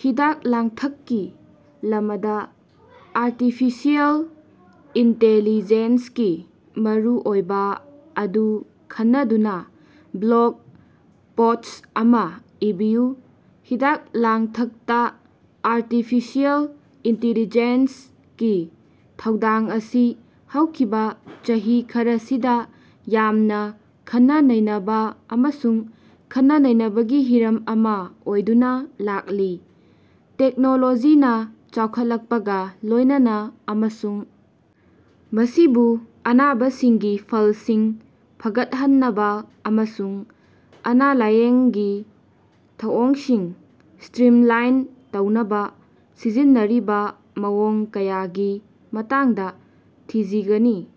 ꯍꯤꯗꯥꯛ ꯂꯥꯡꯊꯛꯀꯤ ꯂꯃꯗꯥ ꯑꯥꯔꯇꯤꯐꯤꯁꯤꯑꯦꯜ ꯏꯟꯇꯦꯂꯤꯖꯦꯟꯁꯀꯤ ꯃꯔꯨꯑꯣꯏꯕꯥ ꯑꯗꯨ ꯈꯟꯅꯗꯨꯅꯥ ꯕ꯭ꯂꯣꯒ ꯄꯣꯁ꯭ꯠ ꯑꯃꯥ ꯏꯕꯤꯌꯨ꯫ ꯍꯤꯗꯥꯛ-ꯂꯥꯡꯊꯛꯇꯥ ꯑꯥꯔꯇꯤꯐꯤꯁꯤꯑꯦꯜ ꯏꯟꯇꯤꯂꯤꯖꯦꯟꯁ ꯒꯤ ꯊꯧꯗꯥꯡ ꯑꯁꯤ ꯍꯧꯈꯤꯕꯥ ꯆꯍꯤ ꯈꯔꯁꯤꯗꯥ ꯌꯥꯝꯅꯥ ꯈꯟꯅ-ꯅꯩꯅꯕꯥ ꯑꯃꯁꯨꯡ ꯈꯟꯅ-ꯅꯩꯅꯕꯒꯤ ꯍꯤꯔꯝ ꯑꯃꯥ ꯑꯣꯏꯗꯨꯅꯥ ꯂꯥꯛꯂꯤ꯫ ꯇꯦꯛꯅꯣꯂꯣꯖꯤꯅꯥ ꯆꯥꯎꯈꯠꯂꯛꯄꯒꯥ ꯂꯣꯏꯅꯅꯥ ꯑꯃꯁꯨꯡ ꯃꯁꯤꯕꯨ ꯑꯅꯥꯕꯁꯤꯡꯒꯤ ꯐꯜꯁꯤꯡ ꯐꯒꯠꯍꯟꯅꯕꯥ ꯑꯃꯁꯨꯡ ꯑꯅ-ꯂꯏꯌꯦꯡꯒꯤ ꯊꯧꯑꯣꯡꯁꯤꯡ ꯁꯇ꯭ꯔꯤꯝꯂꯥꯏꯟ ꯇꯧꯅꯕꯥ ꯁꯤꯖꯤꯟꯅꯔꯤꯕꯥ ꯃꯑꯣꯡ ꯀꯌꯥꯒꯤ ꯃꯇꯥꯡꯗꯥ ꯊꯤꯖꯤꯒꯅꯤ꯫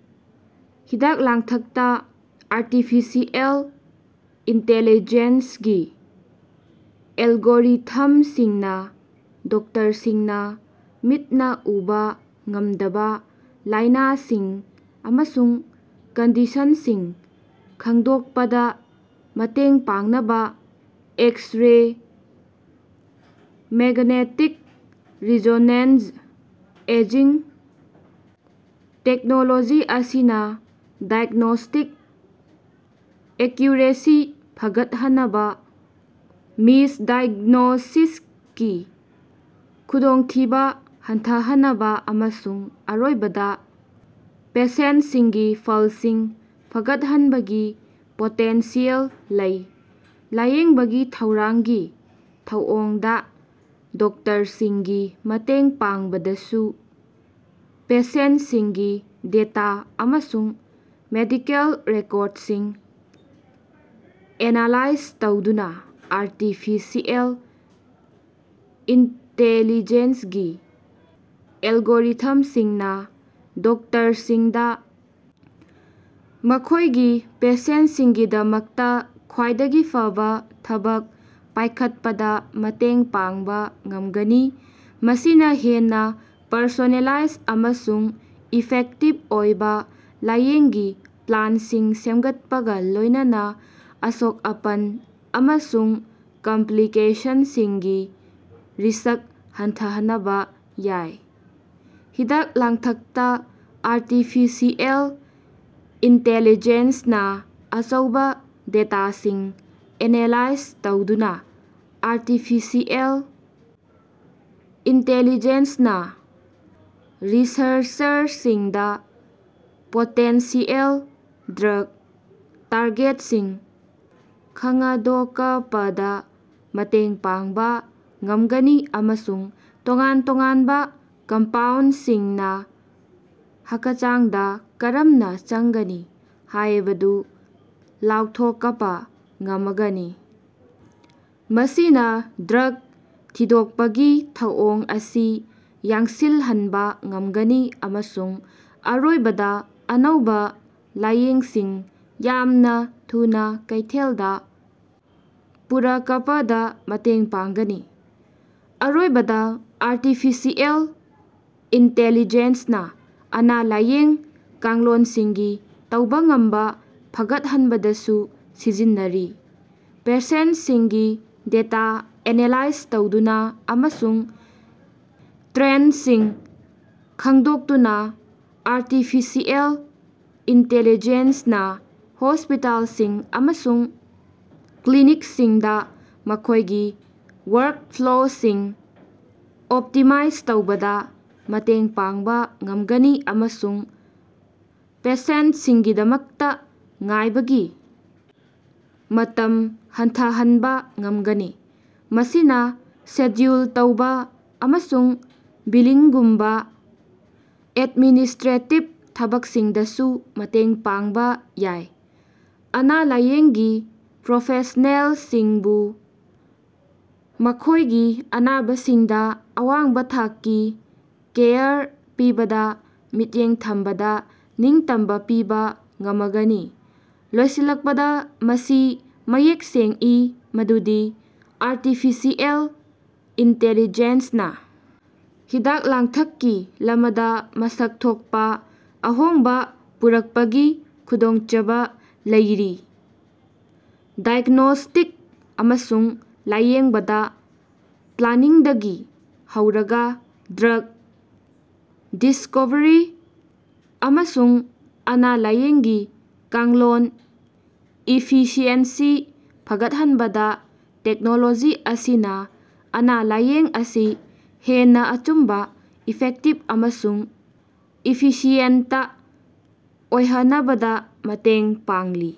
ꯍꯤꯗꯥꯛ-ꯂꯥꯡꯊꯛꯇꯥ ꯑꯥꯔꯇꯤꯐꯤꯁꯤꯑꯦꯜ ꯏꯟꯇꯦꯂꯤꯖꯦꯟꯁ ꯒꯤ ꯑꯦꯜꯒꯣꯔꯤꯊꯝꯁꯤꯡꯅꯥ ꯗꯣꯛꯇꯔꯁꯤꯡꯅꯥ ꯃꯤꯠꯅꯥ ꯎꯕꯥ ꯉꯝꯗꯕꯥ ꯂꯥꯏꯅꯥꯁꯤꯡ ꯑꯃꯁꯨꯡ ꯀꯟꯗꯤꯁꯟꯁꯤꯡ ꯈꯡꯗꯣꯛꯄꯗꯥ ꯃꯇꯦꯡ ꯄꯥꯡꯅꯕꯥ x-ray, magnetic resonance imaging technology ꯑꯁꯤꯅꯥ ꯗꯥꯏꯒ꯭ꯅꯣꯁ꯭ꯇꯤꯛ ꯑꯦꯛꯀ꯭ꯌꯨꯔꯦꯁꯤ ꯐꯒꯠꯍꯅꯕꯥ, ꯃꯤꯁꯗꯥꯏꯒ꯭ꯅꯣꯁꯤꯁꯀꯤ ꯈꯨꯗꯣꯡꯊꯤꯕꯥ ꯍꯟꯊꯍꯅꯕꯥ ꯑꯃꯁꯨꯡ ꯑꯔꯣꯏꯕꯗꯥ ꯄꯦꯁꯦꯟꯇꯁꯤꯡꯒꯤ ꯐꯜꯁꯤꯡ ꯐꯒꯠꯍꯟꯕꯒꯤ ꯄꯣꯇꯦꯟꯁꯤꯌꯦꯜ ꯂꯩ꯫ ꯂꯥꯏꯌꯦꯡꯕꯒꯤ ꯊꯧꯔꯥꯡꯒꯤ ꯊꯧꯑꯣꯡꯗꯥ ꯗꯣꯛꯇꯔꯁꯤꯡꯒꯤ ꯃꯇꯦꯡ ꯄꯥꯡꯕꯗꯁꯨ, ꯄꯦꯁꯦꯟꯇꯁꯤꯡꯒꯤ ꯗꯦꯇꯥ ꯑꯃꯁꯨꯡ ꯃꯦꯗꯤꯀꯦꯜ ꯔꯦꯀꯣꯔꯗꯁꯤꯡ ꯑꯦꯅꯥꯂꯥꯏꯖ ꯇꯧꯗꯨꯅꯥ ꯑꯥꯔꯇꯤꯐꯤꯁꯤꯑꯦꯜ ꯏꯟꯇꯦꯂꯤꯖꯦꯟꯁ ꯒꯤ ꯑꯦꯜꯒꯣꯔꯤꯊꯝꯁꯤꯡꯅꯥ ꯗꯣꯛꯇꯔꯁꯤꯡꯗꯥ ꯃꯈꯣꯏꯒꯤ ꯄꯦꯁꯦꯟꯇꯁꯤꯡꯒꯤꯗꯃꯛꯇꯥ ꯈ꯭ꯋꯥꯏꯗꯒꯤ ꯐꯕꯥ ꯊꯕꯛ ꯄꯥꯏꯈꯠꯄꯗꯥ ꯃꯇꯦꯡ ꯄꯥꯡꯕꯥ ꯉꯝꯒꯅꯤ꯫ ꯃꯁꯤꯅꯥ ꯍꯦꯟꯅꯥ ꯄꯔꯁꯣꯅꯦꯂꯥꯏꯖ ꯑꯃꯁꯨꯡ ꯏꯐꯦꯛꯇꯤꯚ ꯑꯣꯏꯕꯥ ꯂꯥꯏꯌꯦꯡꯒꯤ ꯄ꯭ꯂꯥꯟꯁꯤꯡ ꯁꯦꯝꯒꯠꯄꯒꯥ ꯂꯣꯏꯅꯅꯥ, ꯑꯁꯣꯛ-ꯑꯄꯟ ꯑꯃꯁꯨꯡ ꯀꯝꯞꯂꯤꯀꯦꯁꯟꯁꯤꯡꯒꯤ ꯔꯤꯁꯛ ꯍꯟꯊꯍꯅꯕꯥ ꯌꯥꯏ꯫ ꯍꯤꯗꯥꯛ-ꯂꯥꯡꯊꯛꯇꯥ ꯑꯥꯔꯇꯤꯐꯤꯁꯤꯑꯦꯜ ꯏꯟꯇꯦꯂꯤꯖꯦꯟꯁꯅꯥ ꯑꯆꯧꯕꯥ ꯗꯦꯇꯥꯁꯤꯡ ꯑꯦꯅꯥꯂꯥꯏꯖ ꯇꯧꯗꯨꯅꯥ ꯑꯥꯔꯇꯤꯐꯤꯁꯤꯑꯦꯜ ꯏꯟꯇꯦꯂꯤꯖꯦꯟꯁꯅꯥ ꯔꯤꯁꯔꯆꯔꯁꯤꯡꯗꯥ ꯄꯣꯇꯦꯟꯁꯤꯌꯦꯜ ꯗ꯭ꯔꯒ ꯇꯥꯔꯒꯦꯠꯁꯤꯡ ꯈꯉꯗꯣꯀꯄꯗꯥ ꯃꯇꯦꯡ ꯄꯥꯡꯕꯥ ꯉꯝꯒꯅꯤ ꯑꯃꯁꯨꯡ ꯇꯣꯉꯥꯟ ꯇꯣꯉꯥꯟꯕꯥ ꯀꯝꯄꯥꯎꯟꯗꯁꯤꯡꯅꯥ ꯍꯀꯆꯥꯡꯗꯥ ꯀꯔꯝꯅꯥ ꯆꯪꯒꯅꯤ ꯍꯥꯌꯕꯗꯨ ꯂꯥꯎꯊꯣꯀꯄꯥ ꯉꯃꯒꯅꯤ꯫ ꯃꯁꯤꯅꯥ ꯗ꯭ꯔꯒ ꯊꯤꯗꯣꯛꯄꯒꯤ ꯊꯧꯑꯣꯡ ꯑꯁꯤ ꯌꯥꯡꯁꯤꯜꯍꯟꯕꯥ ꯉꯝꯒꯅꯤ ꯑꯃꯁꯨꯡ ꯑꯔꯣꯏꯕꯗꯥ ꯑꯅꯧꯕꯥ ꯂꯥꯌꯦꯡꯁꯤꯡ ꯌꯥꯝꯅꯥ ꯊꯨꯅꯥ ꯀꯩꯊꯦꯜꯗꯥ ꯄꯨꯔꯀꯄꯗꯥ ꯃꯇꯦꯡ ꯄꯥꯡꯒꯅꯤ꯫ ꯑꯔꯣꯏꯕꯗꯥ, ꯑꯥꯔꯇꯤꯐꯤꯁꯤꯑꯦꯜ ꯏꯟꯇꯦꯂꯤꯖꯦꯟꯁꯅꯥ ꯑꯅꯥ-ꯂꯥꯏꯌꯦꯡ ꯀꯥꯡꯂꯣꯟꯁꯤꯡꯒꯤ ꯇꯧꯕꯉꯝꯕꯥ ꯐꯒꯠꯍꯟꯕꯗꯁꯨ ꯁꯤꯖꯤꯟꯅꯔꯤ꯫ ꯄꯦꯁꯦꯟ꯭ꯇꯁꯤꯡꯒꯤ ꯗꯦꯇꯥ ꯑꯦꯅꯥꯂꯥꯏꯖ ꯇꯧꯗꯨꯅꯥ ꯑꯃꯁꯨꯡ ꯇ꯭ꯔꯦꯟ꯭ꯗꯁꯤꯡ ꯈꯡꯗꯣꯛꯇꯨꯅꯥ ꯑꯥꯔꯇꯤꯐꯤꯁꯤꯑꯦꯜ ꯏꯟꯇꯦꯂꯤꯖꯦꯟ꯭ꯁꯅꯥ ꯍꯣꯁꯄꯤꯇꯥꯜꯁꯤꯡ ꯑꯃꯁꯨꯡ ꯀ꯭ꯂꯤꯅꯤꯛꯁꯤꯡꯗꯥ ꯃꯈꯣꯏꯒꯤ ꯋꯥꯔꯛꯐ꯭ꯂꯣꯁꯤꯡ ꯑꯣꯞꯇꯤꯃꯥꯏꯖ ꯇꯧꯕꯗꯥ ꯃꯇꯦꯡ ꯄꯥꯡꯕꯥ ꯉꯝꯒꯅꯤ ꯑꯃꯁꯨꯡ ꯄꯦꯁꯦꯟꯇꯁꯤꯡꯒꯤꯗꯃꯛꯇꯥ ꯉꯥꯏꯕꯒꯤ ꯃꯇꯝ ꯍꯟꯊꯍꯟꯕꯥ ꯉꯝꯒꯅꯤ꯫ ꯃꯁꯤꯅꯥ ꯁꯦꯗ꯭ꯌꯨꯜ ꯇꯧꯕꯥ ꯑꯃꯁꯨꯡ ꯕꯤꯂꯤꯡꯒꯨꯝꯕꯥ ꯑꯦꯗꯃꯤꯅꯤꯁꯇ꯭ꯔꯦꯇꯤꯕ ꯊꯕꯛꯁꯤꯡꯗꯁꯨ ꯃꯇꯦꯡ ꯄꯥꯡꯕꯥ ꯌꯥꯏ, ꯑꯅ-ꯥꯂꯥꯏꯌꯦꯡꯒꯤ ꯄ꯭ꯔꯣꯐꯦꯁ꯭ꯅꯦꯂꯁꯤꯡꯕꯨ ꯃꯈꯣꯏꯒꯤ ꯑꯅꯥꯕꯁꯤꯡꯗꯥ ꯑꯋꯥꯡꯕꯥ ꯊꯥꯛꯀꯤ ꯀꯦꯌꯔ ꯄꯤꯕꯗꯥ ꯃꯤꯠꯌꯦꯡ ꯊꯝꯕꯗ ꯅꯤꯡꯇꯝꯕꯥ ꯄꯤꯕꯥ ꯉꯃꯒꯅꯤ꯫ ꯂꯣꯏꯁꯤꯜꯂꯛꯄꯗꯥ, ꯃꯁꯤ ꯃꯌꯦꯛ ꯁꯦꯡꯏ ꯃꯗꯨꯗꯤ ꯑꯥꯔꯇꯤꯐꯤꯁꯤꯑꯦꯜ ꯏꯟꯇꯦꯂꯤꯖꯦꯟꯁꯅꯥ ꯍꯤꯗꯥꯛ ꯂꯥꯡꯊꯛꯀꯤ ꯂꯃꯗꯥ ꯃꯁꯛ ꯊꯣꯛꯄꯥ ꯑꯍꯣꯡꯕꯥ ꯄꯨꯔꯛꯄꯒꯤ ꯈꯨꯗꯣꯡꯆꯕ ꯂꯩꯔꯤ꯫ ꯗꯥꯏꯒ꯭ꯅꯣꯁ꯭ꯇꯤꯛ ꯑꯃꯁꯨꯡ ꯂꯥꯏꯌꯦꯡꯕꯗ ꯄ꯭ꯂꯥꯅꯤꯡꯗꯒꯤ ꯍꯧꯔꯒꯥ ꯗ꯭ꯔꯒ ꯗꯤꯁ꯭ꯀꯣꯚꯔꯤ ꯑꯃꯁꯨꯡ ꯑꯅ-ꯥꯂꯥꯏꯌꯦꯡꯒꯤ ꯀꯥꯡꯂꯣꯟ ꯏꯐꯤꯁꯤꯑꯦꯟꯁꯤ ꯐꯥꯒꯠꯍꯟꯕꯗ ꯇꯦꯛꯅꯣꯂꯣꯖꯤ ꯑꯁꯤꯅꯥ ꯑꯅ-ꯥꯂꯥꯏꯌꯦꯡ ꯑꯁꯤ ꯍꯦꯟꯅꯥ ꯑꯆꯨꯝꯕꯥ, ꯏꯐꯦꯛꯇꯤꯕ ꯑꯃꯁꯨꯡ ꯏꯐꯤꯁꯤꯌꯦꯟꯇ ꯑꯣꯏꯍꯅꯕꯗꯥ ꯃꯇꯦꯡ ꯄꯥꯡꯂꯤ꯫